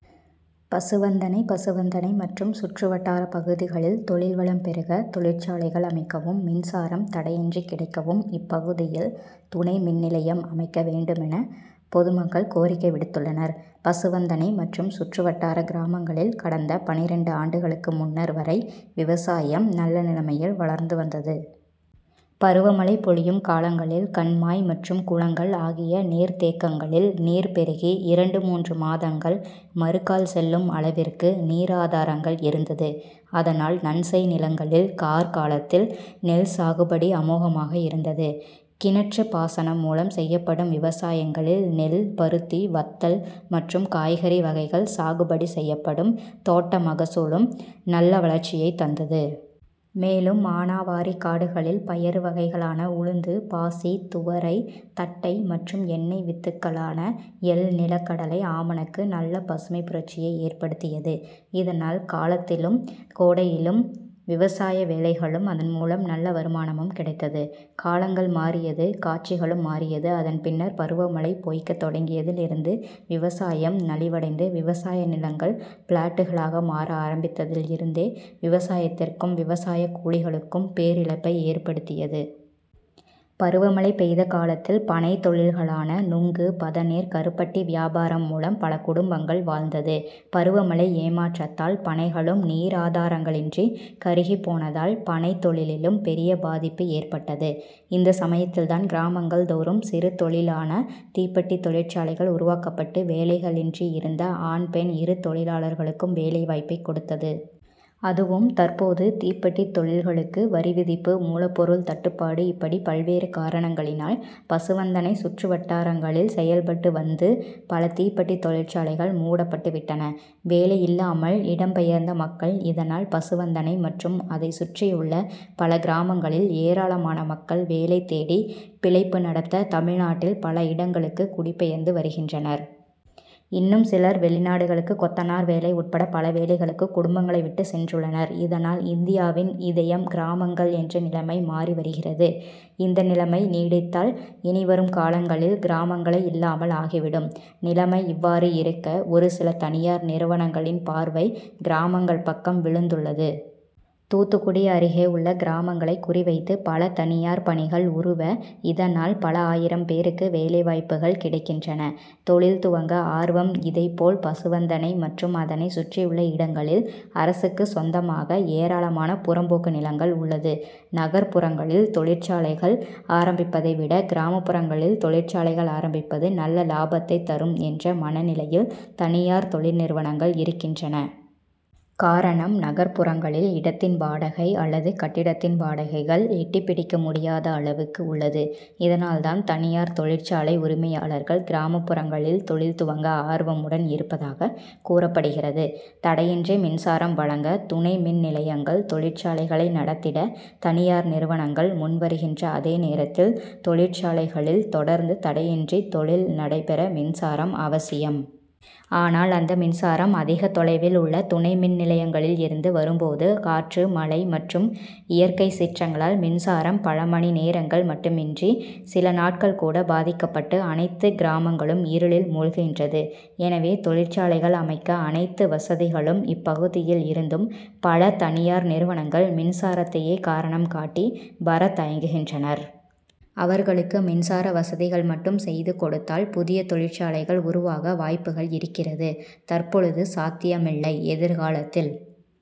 பசுவந்தனை பசுவந்தனை மற்றும் சுற்று வட்டார பகுதிகளில் தொழில் வளம் பெருக தொழிற்சாலைகள் அமைக்கவும் மின்சாரம் தடையின்றி கிடைக்கவும் இப்பகுதியில் துணை மின்நிலையம் அமைக்க வேண்டுமென பொதுமக்கள் கோரிக்கை விடுத்துள்ளனர். பசுவந்தனை மற்றும் சுற்று வட்டார கிராமங்களில் கடந்த பன்னிரண்டு ஆண்டுகளுக்கு முன்னர் வரை விவசாயம் நல்ல நிலைமையில் வளர்ந்து வந்தது. பருவமழை பொழியும் காலங்களில் கண்மாய் மற்றும் குளங்கள் ஆகிய நீர்த்தேக்கங்களில் நீர் பெருகி இரண்டு மூன்று மாதங்கள் மறுகால் செல்லும் அளவிற்கு நீராதாரங்கள் இருந்தது. அதனால் நன்செய் நிலங்களில் கார் காலத்தில் நெல் சாகுபடி அமோகமாக இருந்தது. கிணற்று பாசனம் மூலம் செய்யப்படும் விவசாயங்களில் நெல், பருத்தி, வத்தல் மற்றும் காய்கறி வகைகள் சாகுபடி செய்யப்படும் தோட்ட மகசூலும் நல்ல வளர்ச்சியை தந்தது. மேலும் மானாவாரி காடுகளில் பயறு வகைகளான உளுந்து, பாசி, துவரை, தட்டை மற்றும் எண்ணெய் வித்துக்களான எள், நிலக்கடலை, ஆமணக்கு நல்ல பசுமை புரட்சியை ஏற்படுத்தியது. இதனால் காலத்திலும் கோடையிலும் விவசாய வேலைகளும் அதன் மூலம் நல்ல வருமானமும் கிடைத்தது. காலங்கள் மாறியது காட்சிகளும் மாறியது அதன் பின்னர் பருவமழை பொய்க்க தொடங்கியதில் இருந்து விவசாயம் நலிவடைந்து விவசாய நிலங்கள் பிளாட்டுகளாக மாற ஆரம்பித்ததில் இருந்தே விவசாயத்திற்கும் விவசாய கூலிகளுக்கும் பேரிழப்பை ஏற்படுத்தியது. பருவமழை பெய்த காலத்தில் பனை தொழில்களான நுங்கு பதநீர், கருப்பட்டி வியாபாரம் மூலம் பல குடும்பங்கள் வாழ்ந்தது. பருவமழை ஏமாற்றத்தால் பனைகளும் நீராதாரங்களின்றி கருகி போனதால் பனை தொழிலிலும் பெரிய பாதிப்பு ஏற்பட்டது. இந்த சமயத்தில்தான் கிராமங்கள் தோறும் சிறு தொழிலான தீப்பெட்டி தொழிற்சாலைகள் உருவாக்கப்பட்டு வேலைகளின்றி இருந்த ஆண் பெண் இரு தொழிலாளர்களுக்கும் வேலைவாய்ப்பை கொடுத்தது. அதுவும் தற்போது தீப்பெட்டி தொழில்களுக்கு வரி விதிப்பு, மூலப்பொருள் தட்டுப்பாடு இப்படி பல்வேறு காரணங்களினால் பசுவந்தனை சுற்றுவட்டாரங்களில் செயல்பட்டு வந்து பல தீப்பெட்டி தொழிற்சாலைகள் மூடப்பட்டு விட்டன. வேலை இல்லாமல் இடம் பெயர்ந்த மக்கள் இதனால் பசுவந்தனை மற்றும் அதை சுற்றியுள்ள பல கிராமங்களில் ஏராளமான மக்கள் வேலை தேடி பிழைப்பு நடத்த தமிழ்நாட்டில் பல இடங்களுக்கு குடிபெயர்ந்து வருகின்றனர். இன்னும் சிலர் வெளிநாடுகளுக்கு கொத்தனார் வேலை உட்பட பலவேலைகளுக்கு குடும்பங்களை விட்டு சென்றுள்ளனர். இதனால் இந்தியாவின் இதயம் கிராமங்கள் என்ற நிலைமை மாறி வருகிறது. இந்த நிலமை நீடித்தால் இனிவரும் காலங்களில் கிராம ங்களே இல்லாமல் ஆகிவிடும். நிலமை இவ்வாறு இருக்க, ஒரு சில தனியார் நிறுவனங்களின் பார்வை கிராமங்கள் பக்கம் விழுந்துள்ளது. தூத்துக்குடி அருகேயுள்ள கிராமங்களை குறிவைத்து பல தனியார் பனிகள் உருவ. இதனால் பல ஆயிரம் பேருக்கு வேலை வாய்ப்புகள் கிடைக்கின்றன. தொழில் துவங்க ஆர்வம்இதைப்போல் பசுவந்தனை மற்றும் அதனை சுற்றியுள்ள இடங்களில் அரசுக்கு சொந்தமாக ஏராளமான புறம்போக்கு நிலங்கள் உள்ளது. நகர்ப்புறங்களில் தொழிற் சாலைகள் ஆரம்பிப்பதை விட கிராமப்புறங்களில் தொழி ற்சாலைகள் ஆரம்பிப்பது நல்ல லாபத்தை தரும் என்ற மன நிலையில் தனியார் தொழிற்நிறுவனங்கள் இருக் கின்றன. காரணம் நகர்ப்புறங்களில் இடத்தின் வாடகை, அல்லது கட்டிடத்தின் வாடகைகள் எட்டிப்பிடிக்கமுடியாத அளவுக்கு உள்ளது. இதனால்தான் தனியார் தொழிற்சாலை உரிமையாளர்கள் கிராமப்புறங்களில் தொழில்துவங்க ஆர்வமுடன் இருப்பதாக கூறப்படுகிறது. தடையின்றி மின்சாரம் வழங்க துணை மின்நிலையங்கள்தொழிற்சாலைகளை நடத்திட தனியார் நிறுவனங்கள் முன் வருகின்ற அதே நேரத்தில் தொழிற்சாலைகளில் தொடர்ந்து தடையின்றி தொழில் நடைபெற மின்சாரம் அவசியம். ஆனால் அந்த மின்சாரம் அதிக தொலைவில் உள்ள துணை மின்நிலையங்களில் இருந்து வரும்போது காற்று மழை மற்றும் இயற்கை சீற்றங்களால் மின்சாரம் பல மணி நேரங்கள் மட்டுமின்றி சில நாட்கள் கூட பாதிக்கப்பட்டு அனைத்து கிராமங்களும் இருளில் மூழ்குகின்றது. எனவே தொழிற்சாலைகள் அமைக்க அனைத்து வசதிகளும் இப்பகுதியில் இருந்தும் பல தனியார் நிறுவனங்கள் மின்சாரத்தையே காரணம் காட்டி வர தயங்குகின்றனர். அவர்களுக்கு மின்சார வசதிகள் மட்டும் செய்துகொடுத்தால் புதிய தொழிற்சாலைகள் உருவாக வாய்ப்புகள் இருக்கிறது. தற்பொழுது சாத்தியமில்லை.. எதிர்காலத்தில்..!